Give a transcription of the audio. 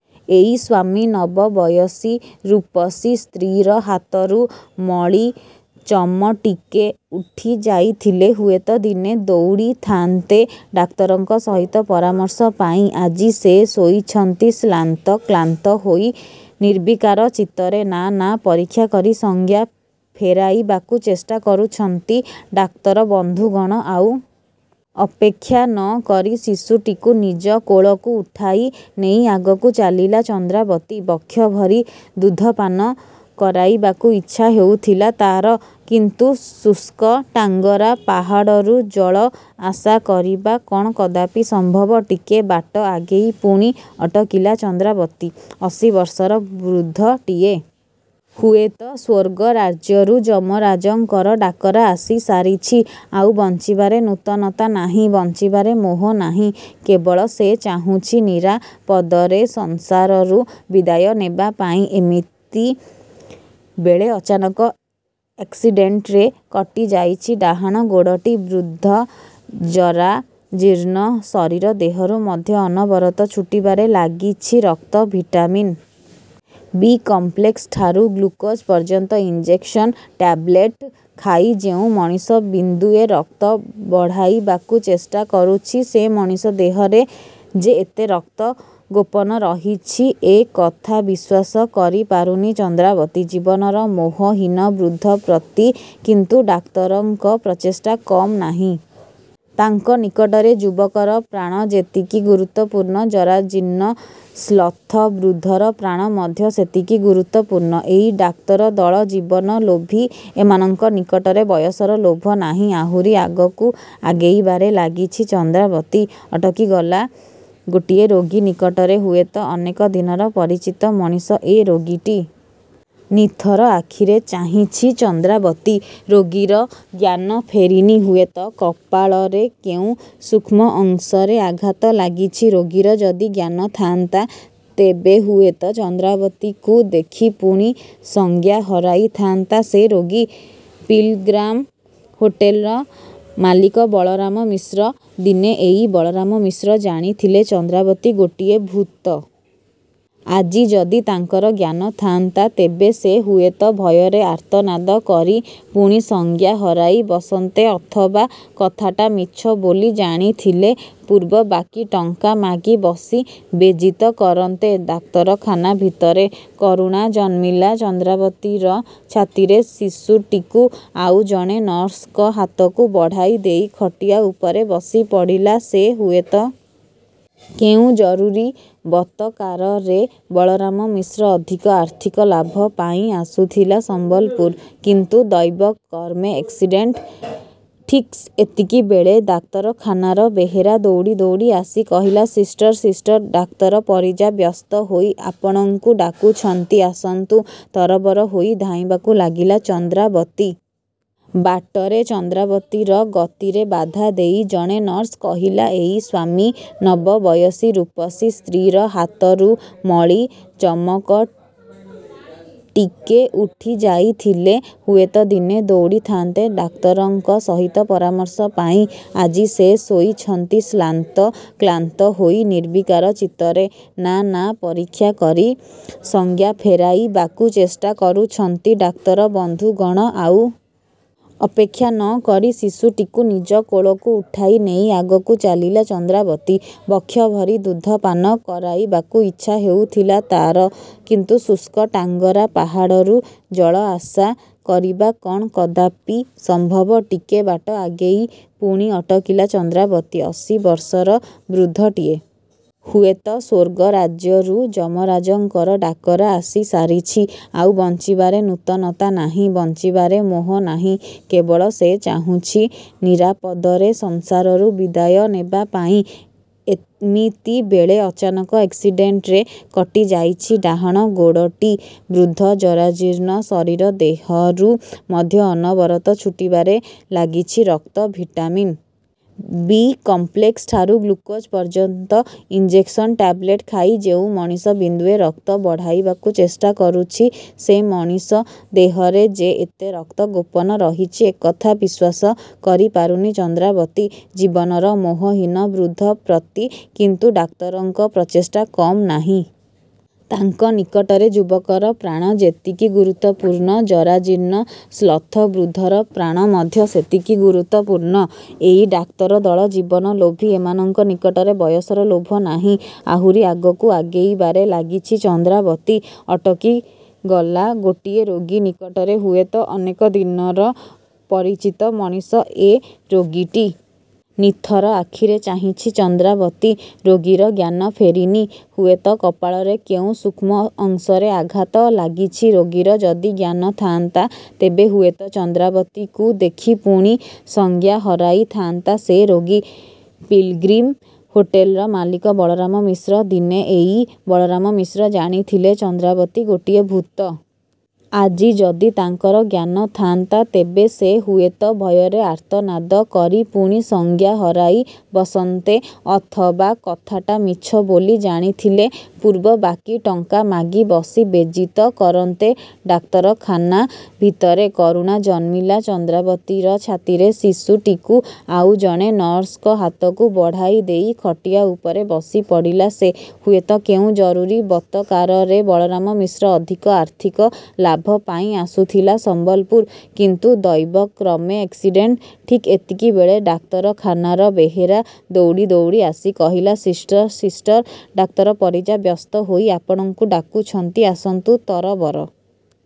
ଏଇ ସ୍ୱାମୀ ନବବୟସୀ ରୂପସୀ ସ୍ତ୍ରୀର ହାତରୁ ମଳି ଚମଟିକେ ଉଠି ଯାଇଥିଲେ, ହୁଏତ ଦିନେ ଦୌଡ଼ିଥାନ୍ତେ ଡାକ୍ତରଙ୍କ ସହିତ ପରାମର୍ଶ ପାଇଁ। ଆଜି ସେ ଶୋଇଛନ୍ତି ଶ୍ରାନ୍ତ, କ୍ଳାନ୍ତ ହୋଇ ନିର୍ବିକାର ଚିତ୍ତରେ। ନା ନା, ପରୀକ୍ଷା କରି ସଂଜ୍ଞା ଫେରାଇବାକୁ ଚେଷ୍ଟା କରୁଛନ୍ତି ଡାକ୍ତର ବନ୍ଧୁଗଣ। ଆଉ ଅପେକ୍ଷା ନ କରି ଶିଶୁଟିକୁ ନିଜ କୋଳକୁ ଉଠାଇ ନେଇ ଆଗକୁ ଚାଲିଲା ଚନ୍ଦ୍ରାବତୀ। ବକ୍ଷଭରି ଦୁଗ୍ଧପାନ କରାଇବାକୁ ଇଚ୍ଛା ହେଉଥିଲା ତା'ର। କିନ୍ତୁ ଶୁଷ୍କ ଟାଙ୍ଗରା ପାହାଡ଼ରୁ ଜଳ ଆଶା କରିବା କ'ଣ କଦାପି ସମ୍ଭବ? ଟିକେ ବାଟ ଆଗେଇ ପୁଣି ଅଟକିଲା ଚନ୍ଦ୍ରାବତୀ। ଅଶୀ ବର୍ଷର ବୃଦ୍ଧଟିଏ। ହୁଏତ ସ୍ୱର୍ଗ ରାଜ୍ୟରୁ ଯମରାଜଙ୍କର ଡାକରା ଆସି ସାରିଛି। ଆଉ ବଞ୍ଚିବାରେ ନୂତନତା ନାହିଁ ବଞ୍ଚିବାରେ ମୋହ ନାହିଁ। କେବଳ ସେ ଚାହୁଁଛି ନିରାପଦରେ ସଂସାରରୁ ବିଦାୟ ନେବା ପାଇଁ। ଏମିତି ବେଳେ ଅଚାନକ ଏକ୍ସିଡେଣ୍ଟରେ କଟିଯାଇଛି ଡାହାଣ ଗୋଡ଼ଟି। ବୃଦ୍ଧ, ଜରାଜୀର୍ଣ୍ଣ ଶରୀର ଦେହରୁ ମଧ୍ୟ ଅନବରତ ଛୁଟିବାରେ ଲାଗିଛି ରକ୍ତ। ଭିଟାମିନ ବି କମ୍ପ୍ଲେକ୍ସଠାରୁ ଗ୍ଲୁକୋଜ ପର୍ଯ୍ୟନ୍ତ ଇଞ୍ଜେକ୍ସନ, ଟାବ୍ଲେଟ ଖାଇ ଯେଉଁ ମଣିଷ ବିନ୍ଦୁଏ ରକ୍ତ ବଢ଼ାଇବାକୁ ଚେଷ୍ଟା କରୁଛି, ସେ ମଣିଷ ଦେହରେ ଯେ ଏତେ ରକ୍ତ ଗୋପନ ରହିଛି ଏ କଥା ବିଶ୍ୱାସ କରିପାରୁନି ଚନ୍ଦ୍ରାବତୀ। ଜୀବନର ମୋହହୀନ ବୃଦ୍ଧ ପ୍ରତି କିନ୍ତୁ ଡାକ୍ତରଙ୍କ ପ୍ରଚେଷ୍ଟା କମ୍ ନାହିଁ। ତାଙ୍କ ନିକଟରେ ଯୁବକର ପ୍ରାଣ ଯେତିକି ଗୁରୁତ୍ୱପୂର୍ଣ୍ଣ, ଜରାଜୀର୍ଣ୍ଣ, ଶ୍ଳଥ ବୃଦ୍ଧର ପ୍ରାଣ ମଧ୍ୟ ସେତିକି ଗୁରୁତ୍ୱପୂର୍ଣ୍ଣ। ଏଇ ଡାକ୍ତର ଦଳ ଜୀବନ ଲୋଭୀ ଏମାନଙ୍କ ନିକଟରେ ବୟସର ଲୋଭ ନାହିଁ। ଆହୁରି ଆଗକୁ ଆଗେଇବାରେ ଲାଗିଛି ଚନ୍ଦ୍ରାବତୀ। ଅଟକିଗଲା ଗୋଟିଏ ରୋଗୀ ନିକଟରେ। ହୁଏତ ଅନେକ ଦିନର ପରିଚିତ ମଣିଷ ଏ ରୋଗୀଟି। ନିଥର ଆଖିରେ ଚାହିଁଛି ଚନ୍ଦ୍ରାବତୀ। ରୋଗୀର ଜ୍ଞାନ ଫେରିନି। ହୁଏତ କପାଳରେ କେଉଁ ସୂକ୍ଷ୍ମ ଅଂଶରେ ଆଘାତ ଲାଗିଛି। ରୋଗୀର ଯଦି ଜ୍ଞାନ ଥାନ୍ତା, ତେବେ ହୁଏତ ଚନ୍ଦ୍ରାବତୀକୁ ଦେଖି ପୁଣି ସଂଜ୍ଞା ହରାଇଥାନ୍ତା ସେ ରୋଗୀ। ପିଲ୍ଗ୍ରୀମ ହୋଟେଲର ମାଲିକ ବଳରାମ ମିଶ୍ର। ଦିନେ ଏଇ ବଳରାମ ମିଶ୍ର ଜାଣିଥିଲେ ଚନ୍ଦ୍ରାବତୀ ଗୋଟିଏ ଭୂତ। ଆଜି ଯଦି ତାଙ୍କର ଜ୍ଞାନ ଥାନ୍ତା ତେବେ ସେ ହୁଏତ ଭୟରେ ଆର୍ତ୍ତନାଦ କରି ପୁଣି ସଂଜ୍ଞା ହରାଇ ବସନ୍ତେ ଅଥବା କଥାଟା ମିଛ ବୋଲି ଜାଣିଥିଲେ, ପୂର୍ବ ବାକି ଟଙ୍କା ମାଗି ବସି ବେଜିତ କରନ୍ତେ ଡାକ୍ତରଖାନା ଭିତରେ। କରୁଣା ଜନ୍ମିଲା ଚନ୍ଦ୍ରାବତୀର ଛାତିରେ। ଶିଶୁଟିକୁ ଆଉ ଜଣେ ନର୍ସଙ୍କ ହାତକୁ ବଢ଼ାଇ ଦେଇ ଖଟିଆ ଉପରେ ବସି ପଡ଼ିଲା ସେ। ହୁଏତ କେଉଁ ଜରୁରୀ ବତକାରରେ ବଳରାମ ମିଶ୍ର ଅଧିକ ଆର୍ଥିକ ଲାଭ ପାଇଁ ଆସୁଥିଲା ସମ୍ବଲପୁର। କିନ୍ତୁ ଦୈବକ୍ରମେ ଏକ୍ସିଡେଣ୍ଟ। ଠିକ୍ ଏତିକିବେଳେ ଡାକ୍ତରଖାନାର ବେହେରା ଦୌଡ଼ି ଦୌଡ଼ି ଆସି କହିଲା“ସିଷ୍ଟର, ସିଷ୍ଟର! ଡାକ୍ତର ପରିଜା ବ୍ୟସ୍ତ ହୋଇ ଆପଣଙ୍କୁ ଡାକୁଛନ୍ତି। ଆସନ୍ତୁ।”ତରବର ହୋଇ ଧାଇଁବାକୁ ଲାଗିଲା ଚନ୍ଦ୍ରାବତୀ। ବାଟରେ ଚନ୍ଦ୍ରାବତୀର ଗତିରେ ବାଧା ଦେଇ ଜଣେ ନର୍ସ କହିଲା“ଏଇ ସ୍ୱାମୀ ନବବୟସୀ ରୂପସୀ ସ୍ତ୍ରୀର ହାତରୁ ମଳି ଚମଟିକେ ଉଠି ଯାଇଥିଲେ, ହୁଏତ ଦିନେ ଦୌଡ଼ିଥାନ୍ତେ ଡାକ୍ତରଙ୍କ ସହିତ ପରାମର୍ଶ ପାଇଁ। ଆଜି ସେ ଶୋଇଛନ୍ତି ଶ୍ରାନ୍ତ, କ୍ଳାନ୍ତ ହୋଇ ନିର୍ବିକାର ଚିତ୍ତରେ। ନା ନା, ପରୀକ୍ଷା କରି ସଂଜ୍ଞା ଫେରାଇବାକୁ ଚେଷ୍ଟା କରୁଛନ୍ତି ଡାକ୍ତର ବନ୍ଧୁଗଣ। ଆଉ ଅପେକ୍ଷା ନ କରି ଶିଶୁଟିକୁ ନିଜ କୋଳକୁ ଉଠାଇ ନେଇ ଆଗକୁ ଚାଲିଲା ଚନ୍ଦ୍ରାବତୀ। ବକ୍ଷଭରି ଦୁଗ୍ଧପାନ କରାଇବାକୁ ଇଚ୍ଛା ହେଉଥିଲା ତା'ର। କିନ୍ତୁ ଶୁଷ୍କ ଟାଙ୍ଗରା ପାହାଡ଼ରୁ ଜଳ ଆଶା କରିବା କ'ଣ କଦାପି ସମ୍ଭବ? ଟିକେ ବାଟ ଆଗେଇ ପୁଣି ଅଟକିଲା ଚନ୍ଦ୍ରାବତୀ। ଅଶୀ ବର୍ଷର ବୃଦ୍ଧଟିଏ। ହୁଏତ ସ୍ୱର୍ଗ ରାଜ୍ୟରୁ ଯମରାଜଙ୍କର ଡାକରା ଆସି ସାରିଛି। ଆଉ ବଞ୍ଚିବାରେ ନୂତନତା ନାହିଁ ବଞ୍ଚିବାରେ ମୋହ ନାହିଁ। କେବଳ ସେ ଚାହୁଁଛି ନିରାପଦରେ ସଂସାରରୁ ବିଦାୟ ନେବା ପାଇଁ। ଏମିତି ବେଳେ ଅଚାନକ ଏକ୍ସିଡେଣ୍ଟରେ କଟିଯାଇଛି ଡାହାଣ ଗୋଡ଼ଟି। ବୃଦ୍ଧ, ଜରାଜୀର୍ଣ୍ଣ ଶରୀର ଦେହରୁ ମଧ୍ୟ ଅନବରତ ଛୁଟିବାରେ ଲାଗିଛି ରକ୍ତ। ଭିଟାମିନ ବି କମ୍ପ୍ଲେକ୍ସଠାରୁ ଗ୍ଲୁକୋଜ ପର୍ଯ୍ୟନ୍ତ ଇଞ୍ଜେକ୍ସନ, ଟାବ୍ଲେଟ ଖାଇ ଯେଉଁ ମଣିଷ ବିନ୍ଦୁଏ ରକ୍ତ ବଢ଼ାଇବାକୁ ଚେଷ୍ଟା କରୁଛି, ସେ ମଣିଷ ଦେହରେ ଯେ ଏତେ ରକ୍ତ ଗୋପନ ରହିଛି ଏ କଥା ବିଶ୍ୱାସ କରିପାରୁନି ଚନ୍ଦ୍ରାବତୀ। ଜୀବନର ମୋହହୀନ ବୃଦ୍ଧ ପ୍ରତି କିନ୍ତୁ ଡାକ୍ତରଙ୍କ ପ୍ରଚେଷ୍ଟା କମ୍ ନାହିଁ। ତାଙ୍କ ନିକଟରେ ଯୁବକର ପ୍ରାଣ ଯେତିକି ଗୁରୁତ୍ୱପୂର୍ଣ୍ଣ, ଜରାଜୀର୍ଣ୍ଣ, ଶ୍ଳଥ ବୃଦ୍ଧର ପ୍ରାଣ ମଧ୍ୟ ସେତିକି ଗୁରୁତ୍ୱପୂର୍ଣ୍ଣ। ଏଇ ଡାକ୍ତର ଦଳ ଜୀବନ ଲୋଭୀ ଏମାନଙ୍କ ନିକଟରେ ବୟସର ଲୋଭ ନାହିଁ। ଆହୁରି ଆଗକୁ ଆଗେଇବାରେ ଲାଗିଛି ଚନ୍ଦ୍ରାବତୀ। ଅଟକିଗଲା ଗୋଟିଏ ରୋଗୀ ନିକଟରେ। ହୁଏତ ଅନେକ ଦିନର ପରିଚିତ ମଣିଷ ଏ ରୋଗୀଟି। ନିଥର ଆଖିରେ ଚାହିଁଛି ଚନ୍ଦ୍ରାବତୀ। ରୋଗୀର ଜ୍ଞାନ ଫେରିନି। ହୁଏତ କପାଳରେ କେଉଁ ସୂକ୍ଷ୍ମ ଅଂଶରେ ଆଘାତ ଲାଗିଛି। ରୋଗୀର ଯଦି ଜ୍ଞାନ ଥାନ୍ତା, ତେବେ ହୁଏତ ଚନ୍ଦ୍ରାବତୀକୁ ଦେଖି ପୁଣି ସଂଜ୍ଞା ହରାଇଥାନ୍ତା ସେ ରୋଗୀ। ପିଲ୍ଗ୍ରୀମ ହୋଟେଲର ମାଲିକ ବଳରାମ ମିଶ୍ର। ଦିନେ ଏଇ ବଳରାମ ମିଶ୍ର ଜାଣିଥିଲେ ଚନ୍ଦ୍ରାବତୀ ଗୋଟିଏ ଭୂତ। ଆଜି ଯଦି ତାଙ୍କର ଜ୍ଞାନ ଥାନ୍ତା ତେବେ ସେ ହୁଏତ ଭୟରେ ଆର୍ତ୍ତନାଦ କରି ପୁଣି ସଂଜ୍ଞା ହରାଇ ବସନ୍ତେ ଅଥବା କଥାଟା ମିଛ ବୋଲି ଜାଣିଥିଲେ, ପୂର୍ବ ବାକି ଟଙ୍କା ମାଗି ବସି ବେଜିତ କରନ୍ତେ ଡାକ୍ତରଖାନା ଭିତରେ। କରୁଣା ଜନ୍ମିଲା ଚନ୍ଦ୍ରାବତୀର ଛାତିରେ। ଶିଶୁଟିକୁ ଆଉ ଜଣେ ନର୍ସଙ୍କ ହାତକୁ ବଢ଼ାଇ ଦେଇ ଖଟିଆ ଉପରେ ବସି ପଡ଼ିଲା ସେ। ହୁଏତ କେଉଁ ଜରୁରୀ ବତକାରରେ ବଳରାମ ମିଶ୍ର ଅଧିକ ଆର୍ଥିକ ଲାଭ ପାଇଁ ଆସୁଥିଲା ସମ୍ବଲପୁର। କିନ୍ତୁ ଦୈବକ୍ରମେ ଏକ୍ସିଡେଣ୍ଟ। ଠିକ୍ ଏତିକିବେଳେ ଡାକ୍ତରଖାନାର ବେହେରା ଦୌଡ଼ି ଦୌଡ଼ି ଆସି କହିଲା“ସିଷ୍ଟର, ସିଷ୍ଟର! ଡାକ୍ତର ପରିଜା ବ୍ୟସ୍ତ ହୋଇ ଆପଣଙ୍କୁ ଡାକୁଛନ୍ତି। ଆସନ୍ତୁ।”ତରବର